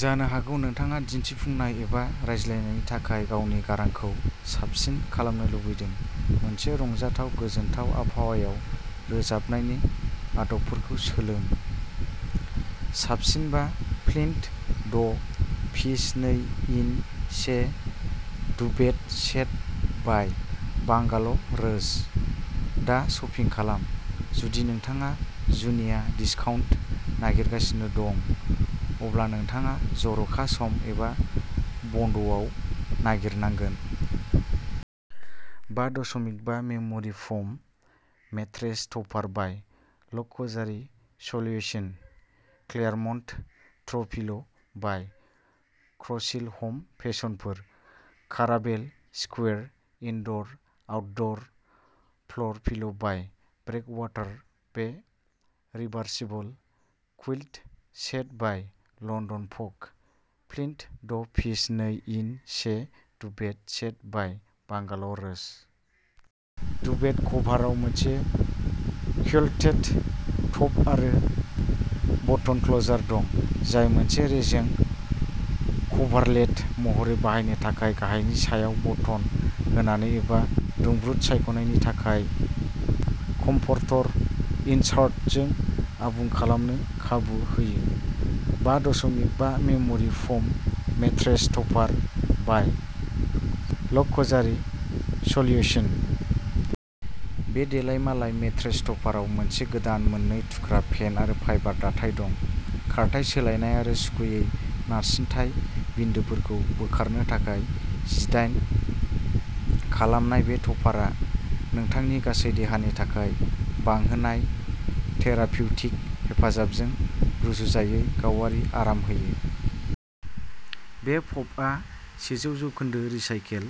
जानो हागौ नोंथाङा दिन्थिफुंनाय एबा रायज्लायनायनि थाखाय गावनि गारांखौ साबसिन खालामनो लुबैदों? मोनसे रंजाथाव, गोजोन आबहावायाव रोजाबनायनि आदबफोरखौ सोलों। साबसिन बा फ्लिन्ट द' पिस नै-इन-से डुभेट सेट बाइ बांगाल'रोज। दा शपिं खालाम! जुदि नोंथाङा जुनिया डिस्काउन्ट नागिरगासिनो दं, अब्ला नोंथाङा जर'खा सम एबा बन्द' आव नागिरनांगोन। बा दसमिक बा memory foam mattress topper by luxury solutions. Claremont throw pillow by क्रसिल home fashion for. Caravel Square indoor outdoor floor pillow by Breakwater Bay. Reversible quilt set by London Fog. Flint the' piece नै-इन-से डुभेट सेट बाइ बांगाल'रोज। Duvet कभारआव मोनसे quilted top आरो बाटोन closer दं, जाय मोनसे रेजें कभारलेट महरै बाहायनो थाखाय गाहायनि सायाव बटन होनानै एबा दुंब्रुद सायख'नायनि थाखाय कमफर्टर इनसार्टजों आबुं खालामनो खाबु होयो। बा दसमिक बा memory foam mattress topper by luxury solutions. बे देलायमालाय मेट्रेस टपाराव मोनसे गोदान मोननै थुख्रा फेन आरो फाइबार दाथाय दं। खारथाइ सोलायनाय आरो सुखुयै नारसिनथाय बिन्दोफोरखौ बोखारनो थाखाय डिजाइन खालामनाय बे टपारआ नोंथांनि गासै देहानि थाखाय बांहोनाय थेरापिउटिक हेफाजाबजों रुजुजायै गावारि आराम होयो। बे पाउफआ सेजौ जौखोनदो रिसाइकेल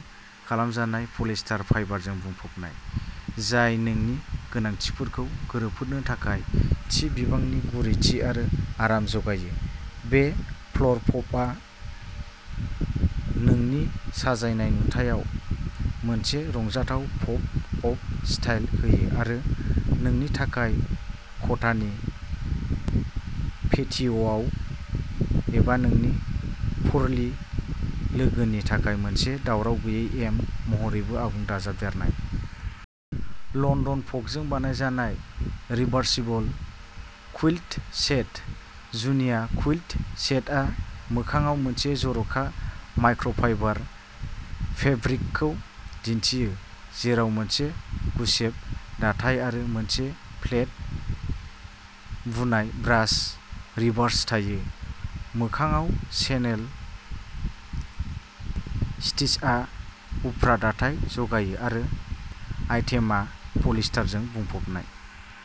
खालामनाय पलिएस्टार फाइबारजों बुंफबनाय, जाय नोंनि गोनांथिफोरखौ गोरोबहोनो थाखाय थि बिबांनि गुरैथि आरो आराम जगायो। बे फ्ल'र पाउफआ नोंनि साजायनाय नुथायाव मोनसे रंजाथाव पप अफ स्टाइल होयो आरो नोंनि थानाय खथानि पेटिय'आव एबा नोंनि फुर्रि लोगोनि थाखाय मोनसे दावराव गैयै एम महरैबो आबुं दाजाबदेरनाय। लण्डन फगजों बानायजानाय रिभार्सिबल कुइल्ट सेट। जुनिया कुइल्ट सेटआ मोखांआव मोनसे जर'खा माइक्र'फाइबार फेब्रिकखौ दिन्थियो, जेराव मोनसे गुसेब दाथाय आरो मोनसे फ्लेट बुनाय ब्रास रिभार्स थायो। मोखांआव चेनेल स्तिचआ उफ्रा दाथाय जगायो आरो आइटेमआ पलिएस्टारजों बुंफबनाय।